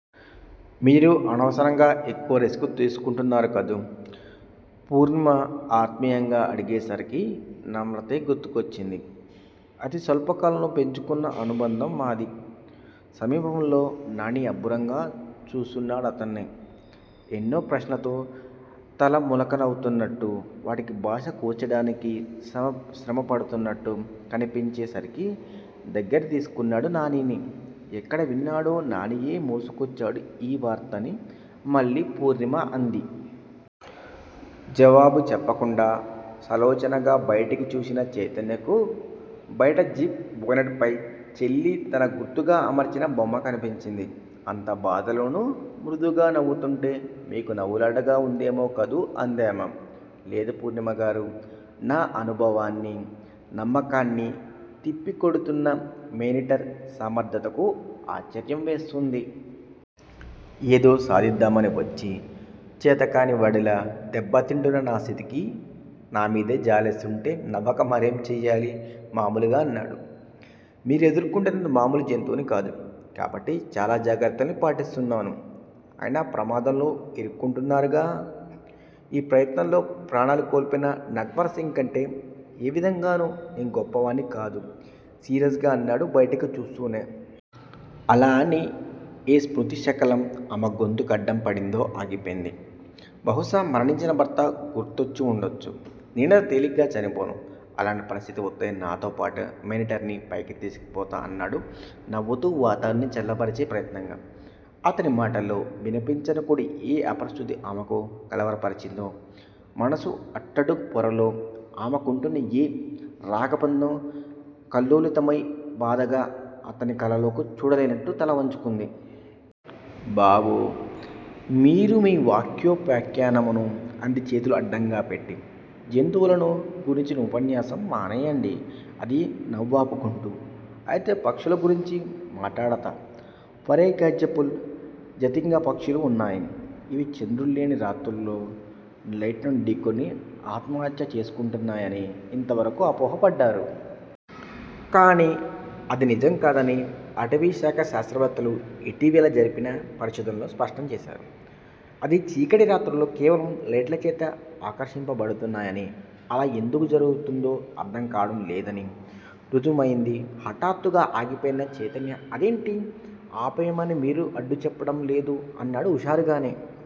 మీరు అనవసరంగా ఎక్కువ రిస్కు తీసుకుంటున్నారు కదూ? పూర్ణిమ ఆత్మీయంగా అడిగేసరికి నమ్రతే గుర్తుకొచ్చింది. అతిస్వల్పకాలంలో పెంచుకున్న అనుబంధమది. సమీపంలో నానీ అబ్బురంగా చూస్తున్నాడతడ్నే. ఎన్నో ప్రశ్నలతో తలమునకలవుతున్నట్టు వాటికి భాష కూర్చడానికి శ్రమ పడుతున్నట్టు కనిపించే సరికి దగ్గరకు తీసుకున్నాడు నానీని. ఎక్కడ విన్నాడో నానీయే మోసుకొచ్చాడు ఈ వార్తని మళ్ళీ పూర్ణిమే అంది. జవాబు చెప్పకుండా సాలోచనగా బయటికి చూసిన చైతన్యకు బయట జీప్ బోనెట్ పై చెల్లి తన గుర్తుగా అమర్చిన బొమ్మ కనిపించింది. అంత బాధలోనూ మృదువుగా నవ్వుతుంటే మీకు నవ్వులాటగా ఉందేమో కదూ అందామె. లేదు పూర్ణిమగారూ, నా అనుభవాన్ని, నమ్మకాన్ని తిప్పికొడుతున్న మేనీటర్ సమర్ధతకి ఆశ్చర్యం వేస్తోంది. ఏదో సాధిద్దామని వచ్చి చేతకాని వాడిలా దెబ్బతింటున్న నా స్థితికి నా మీదే జాలేస్తుంటే నవ్వక మరేం చేయాలి మామూలుగా అన్నాడు. మీరు ఎదుర్కొంటున్నది మామూలు జంతువుని కాదు. కాబట్టే చాలా జాగ్రత్తల్ని పాటిస్తున్నాను. అయినా ప్రమాదంలో ఇరుక్కుంటున్నారుగా? ఈ ప్రయత్నంలో ప్రాణాలు కోల్పోయిన నట్వర్ సింగ్ కంటే ఏవిధంగానూ నే గొప్పవాణ్ని కాదు సీరియస్ గా అన్నాడు బయటికి చూస్తూనే. అలా అని ఏ స్మృతిశకలం ఆమె గొంతుక్కడ్డం పడిందో ఆగిపోయింది. బహుశా మరణించిన భర్త గుర్తుకొచ్చి ఉండొచ్చు. నేనంత తేలిగ్గా చనిపోను. అలాంటి పరిస్థితే వస్తే నాతోపాటు మేనీటర్ ని పైకి తీసుకుపోతా అన్నాడు నవ్వుతూ వాతావరణాన్ని చల్లబరిచే ప్రయత్నంగా. అతని మాటల్లో వినిపించకూడని ఏ అపశ్రుతి ఆమెను కలవరపరిచిందో మనసు అట్టడుగు పొరల్లో ఆమె కుంటున్న ఏ రాగబంధం కల్లోలితమైందో బాధగా అతని కళ్ళల్లోకి చూడలేనట్టు తలవంచుకుంది. బాబూ! మీరూ మీ వ్యాఘ్రోపాఖ్యానమూనూ అంది చేతులు అడ్డంగా పెట్టి. జంతువులను గురించి ఉపన్యాసం మానేయండి అంది నవ్వాపుకుంటూ. అయితే పక్షుల గురించి మాటాడతా. ఫరెగ్జాంపుల్ జతింగ పక్షులు వున్నాయి. ఇవి చంద్రుడు లేని రాత్రుల్లో లైట్లను ఢీకొని ఆత్మహత్య చేసుకుంటున్నాయని ఇంతవరకూ అపోహ పడ్డారు. కాని అది నిజంకాదని అటవీశాఖ శాస్త్రవేత్తలు ఇటీవల జరిపిన పరిశోధనల్లో స్పష్టం చేశారు. అది చీకటి రాత్రుల్లో కేవలం లైట్లచేత ఆకర్షింప బడుతున్నాయని, అలా ఎందుకు జరుగుతుందో అర్ధం కావడం లేదని రుజుమయింది హటాత్తుగా ఆగిపోయిన చైతన్య అదేంటీ_ఆపేయమని మీరు అడ్డుచెప్పడం లేదూ అన్నాడు హుషారుగానే.